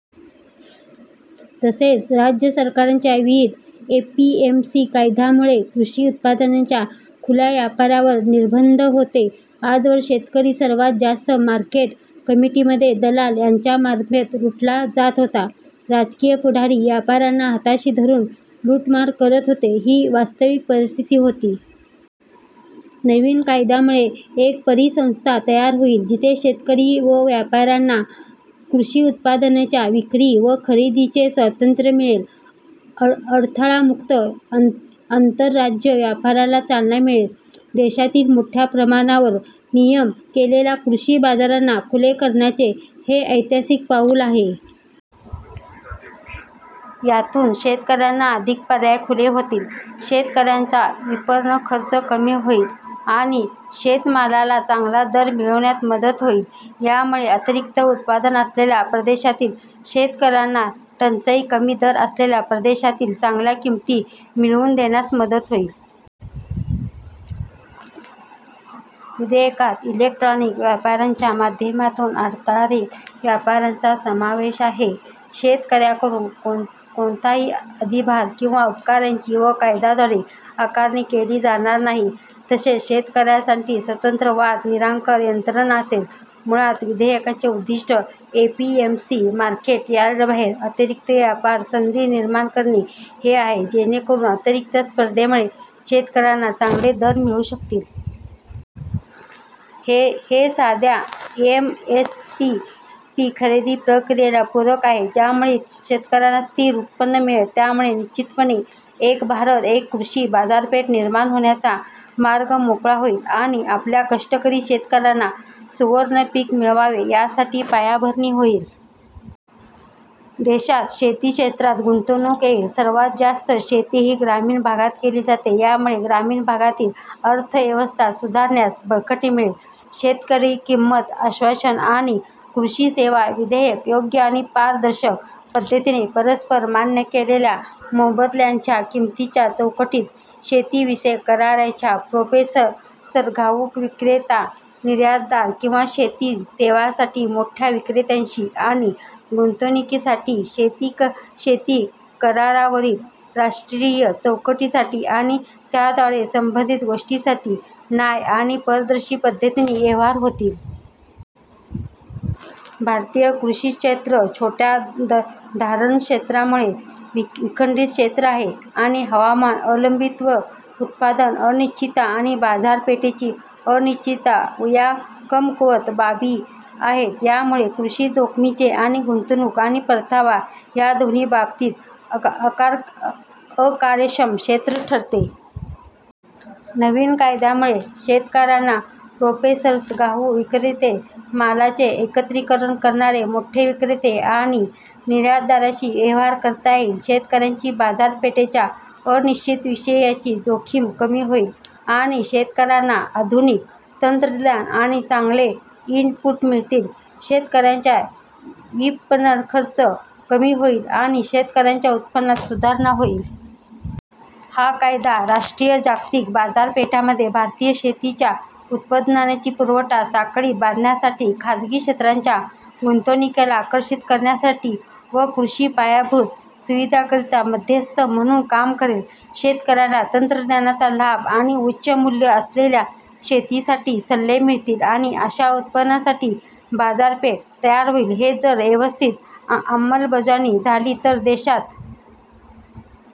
तसेच, राज्य सरकारांच्या विविध एपीएमसी कायद्यांमुळे कृषी उत्पादनांच्या खुल्या व्यापारावर निर्बंध होते. आजवर शेतकरी सर्वात जास्त मार्केट कमिटीमध्ये दलाल यांच्यामार्फत लुटला जात होता. राजकीय पुढारी व्यापाऱ्यांना हाताशी धरून लुटमार करत होते, ही वास्तविक परिस्थिती होती. नवीन कायद्यामुळे एक परिसंस्था तयार होईल, जिथे शेतकरी व व्यापाऱ्यांना कृषी उत्पादनांच्या विक्री व खरेदीचे स्वातंत्र्य मिळेल. अडथळामुक्त आंतरराज्य व्यापाराला चालना मिळेल. देशातील मोठ्या प्रमाणावर नियमन केलेल्या कृषी बाजारांना खुले करण्याचे हे ऐतिहासिक पाऊल आहे. यातून शेतकऱ्यांना अधिक पर्याय खुले होतील, शेतकऱ्यांचा विपणन खर्च कमी होईल आणि शेतमालाला चांगला दर मिळविण्यात मदत होईल. यामुळे अतिरिक्त उत्पादन असलेल्या प्रदेशांतील शेतकऱ्यांना टंचाई, कमी दर असलेल्या प्रदेशांतील चांगल्या किंमती मिळवून देण्यास मदत होईल. विधेयकात इलेक्ट्रॉनिक व्यापाराच्या माध्यमातून अडथळारहित व्यापाराचा समावेश आहे. शेतकऱ्यांकडून कोणताही अधिभार किंवा उपकराची या कायद्याद्वारे आकारणी केली जाणार नाही. तसेच शेतकऱ्यांसाठी स्वतंत्र वाद निराकरण यंत्रणा असेल. मुळात विधेयकाचे उद्दिष्ट एपीएमसी मार्केट यार्डबाहेर अतिरिक्त व्यापार संधी निर्माण करणे हे आहे, जेणेकरून अतिरिक्त स्पर्धेमुळे शेतकऱ्यांना चांगले दर मिळू शकतील. हे सध्या एमएसपी खरेदी प्रक्रियेला पूरक आहे, ज्यामुळे शेतकऱ्यांना स्थिर उत्पन्न मिळेल. यामुळे निश्चितपणे एक भारत, एक कृषी बाजारपेठ निर्माण होण्याचा मार्ग मोकळा होईल आणि आपल्या कष्टकरी शेतकऱ्यांना सुवर्ण पीक मिळावे यासाठी पायाभरणी होईल. देशात शेती क्षेत्रात गुंतवणूक येईल. सर्वात जास्त शेती ही ग्रामीण भागात केली जाते. त्यामुळे ग्रामीण भागातील अर्थव्यवस्था सुधारण्यास बळकटी मिळेल. शेतकरी किंमत आश्वासन आणि कृषी सेवा विधेयक, योग्य आणि पारदर्शक पद्धतीने परस्पर मान्य केलेल्या मोबदल्याच्या किंमतीच्या चौकटीत शेतीविषयक कराराच्या, प्रोसेसर, घाऊक विक्रेता, निर्यातदार किंवा शेती सेवांसाठी मोठ्या विक्रेत्यांशी आणि गुंतवणुकीसाठी शेती करारावरील राष्ट्रीय चौकटीसाठी आणि त्याद्वारे संबंधित गोष्टींसाठी न्याय आणि पारदर्शी पद्धतीने व्यवहार होतील. भारतीय कृषी क्षेत्र छोट्या छोट्या धारणक्षेत्रामुळे विखंडित क्षेत्र आहे आणि हवामान अवलंबित्व, उत्पादन अनिश्चितता आणि बाजारपेठेची अनिश्चितता या कमकुवत बाबी आहेत. यामुळे कृषी जोखमीचे आणि गुंतवणूक आणि परतावा या दोन्ही बाबतीत अकार्यक्षम क्षेत्र ठरते. नवीन कायद्यामुळे शेतकऱ्यांना प्रोसेसर्स, घाऊक विक्रेते, मालाचे एकत्रिकरण करणारे, मोठे विक्रेते आणि निर्यातदारांशी व्यवहार करता येईल. शेतकऱ्याची बाजारपेठेच्या अनिश्चिततेविषयीची जोखीम कमी होईल आणि शेतकऱ्यांना आधुनिक तंत्रज्ञान आणि चांगले इनपुट मिळतील. शेतकऱ्यांचा विपणन खर्च कमी होईल आणि शेतकऱ्यांच्या उत्पन्नात सुधारणा होईल. हा कायदा राष्ट्रीय व जागतिक बाजारपेठांमध्ये भारतीय शेतीच्या उत्पादनांची पुरवठा साखळी बांधण्यासाठी खासगी क्षेत्राच्या गुंतवणुकीला आकर्षित करण्यासाठी व कृषी पायाभूत सुविधांकरिता मध्यस्थ म्हणून काम करेल. शेतकऱ्यांना तंत्रज्ञानाचा लाभ आणि उच्च मूल्य असलेल्या शेतीसाठी सल्ले मिळतील आणि अशा उत्पादनांसाठी बाजारपेठ तयार होईल. हे जर व्यवस्थित अंमलबजावणी झाली तर देशात